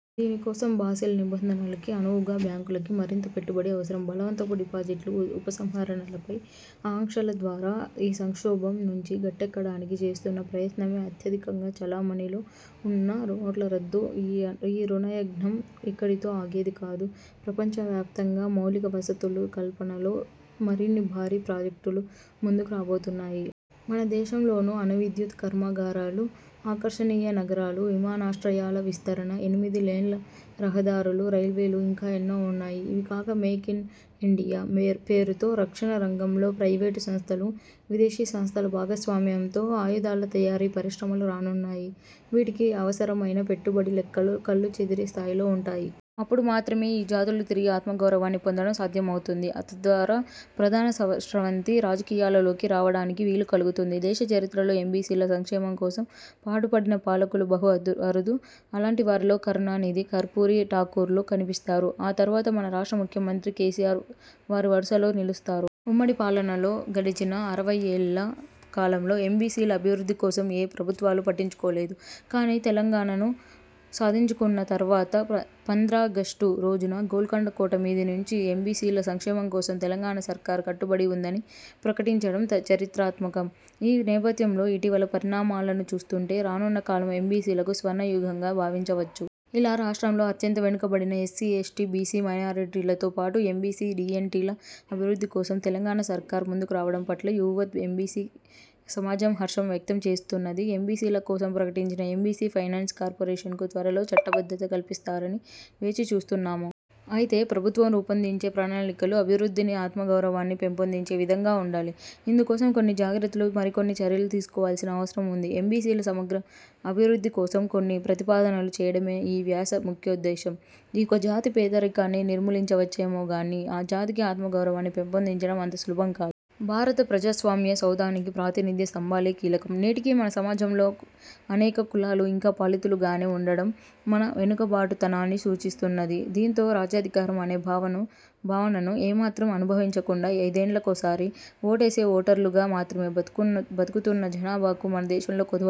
దీనికోసం, బాసెల్ నిబంధనలకి అనువుగా బ్యాంకులకి మరింత పెట్టుబడి అవసరం. బలవంతపు డిపాజిట్లు, ఉపసంహరణలపై ఆంక్షల ద్వారా ఈ సంక్షోభం నుంచి గట్టెక్కడానికి చేస్తున్న ప్రయత్నమే అత్యధికంగా చలామణిలో వున్న నోట్ల రద్దు. ఈ రుణయజ్ఞం ఇక్కడితో ఆగేది కాదు. ప్రపంచ వ్యాప్తంగా మౌలిక వసతుల కల్పనలో మరిన్ని భారీ ప్రాజెక్టులు ముందుకు రాబోతున్నాయి. మన దేశంలోనూ అణువిద్యుత్ కర్మాగారాలు, ఆకర్షణీయ నగరాలు, విమానాశ్రయాల విస్తరణ, ఎనిమిది లేన్ల రహదారులు, రైల్వేలు ఇంకా ఎన్నో వున్నాయి. ఇవికాక 'మేక్ ఇన్ ఇండియా' పేరుతో రక్షణ రంగంలో ప్రైవేటు సంస్థలు, విదేశీ సంస్థల భాగస్వామ్యంతో ఆయుధాల తయారీ పరిశ్రమలు రానున్నాయి. వీటికి అవసరమైన పెట్టుబడి లెక్కలు కళ్ళు చెదిరే స్థాయిలో వుంటాయి. అప్పుడు మాత్రమే ఈ జాతులు తిరిగి ఆత్మగౌరవాన్ని పొందడం సాధ్యమవుతుంది. తద్వారా ప్రధాన స్రవంతి రాజకీయాలలోకి రావడానికి వీలు కలుగుతుంది. దేశ చరిత్రలో ఎంబీసీల సంక్షేమం కోసం పాటుపడిన పాలకులు బహు అరుదు. అలాంటి వారిలో కరుణానిధి, కర్పూరీ ఠాకూర్లు కనిపిస్తారు. ఆ తరువాత మన రాష్ట్ర ముఖ్యమంత్రి కేసీఆర్ వారి వరుసలో నిలుస్తారు. ఉమ్మడి పాలనలో, గడిచిన అరవయ్యేళ్ల కాలంలో ఎంబీసీల అభివృద్ధి కోసం ఏ ప్రభుత్వాలు పట్టించుకోలేదు. కానీ, తెలంగాణను సాధించుకున్న తర్వాత పంద్రాగష్టు రోజున గోల్కొండ కోట మీది నుంచి ఎంబీసీల సంక్షేమం కోసం తెలంగాణ సర్కార్ కట్టుబడి ఉందని ప్రకటించడం చరిత్రాత్మకం. ఈ నేపథ్యంలో ఇటీవల పరిణామాలను చూస్తుంటే రానున్న కాలం ఎంబీసీలకు స్వర్ణయుగంగా భావించవచ్చు. ఇలా రాష్ట్రంలో అత్యంత వెనుకబడిన ఎస్సీ, ఎస్టీ, బీసీ, మైనారిటీలతో పాటు ఎంబీసీ, డీఎన్టీల అభివృద్ధి కోసం తెలంగాణ సర్కార్ ముందుకు రావడం పట్ల యావత్ ఎంబీసీ సమాజం హర్షం వ్యక్తం చేస్తున్నది. ఎంబీసీల కోసం ప్రకటించిన ఎంబీసీ ఫైనాన్స్ కార్పొరేషన్కు త్వరలో చట్టబద్ధత కల్పిస్తారని వేచి చూస్తున్నాము. అయితే ప్రభుత్వం రూపొందించే ప్రణాళికలు అభివృద్ధిని, ఆత్మగౌరవాన్ని పెంపొందించే విధంగా ఉండాలి. ఇందుకోసం కొన్ని జాగ్రత్తలు, మరికొన్ని చర్యలు తీసుకోవాల్సిన అవసరం ఉంది. ఎంబీసీల సమగ్ర అభివృద్ధి కోసం కొన్ని ప్రతిపాదనలు చేయడమే ఈ వ్యాస ముఖ్యోద్దేశం. ఒక జాతి పేదరికాన్ని నిర్మూలించవచ్చేమోగానీ, ఆ జాతికి ఆత్మగౌరవాన్ని పెంపొందించడం అంత సులభం కాదు. భారత ప్రజాస్వామ్య సౌధానికి ప్రాతినిధ్య స్తంభాలే కీలకం. నేటికీ మన సమాజంలో అనేక కులాలు ఇంకా పాలితులుగానే ఉండడం మన వెనుకబాటుతనాన్ని సూచిస్తున్నది. దీంతో రాజ్యాధికారం అనే భావనను ఏ మాత్రం అనుభవించకుండా ఐదేండ్లకోసారి ఓటేసే ఓటర్లుగా మాత్రమే బతుకుతున్న జనాభాకు మన దేశంలో కొదువలేదు.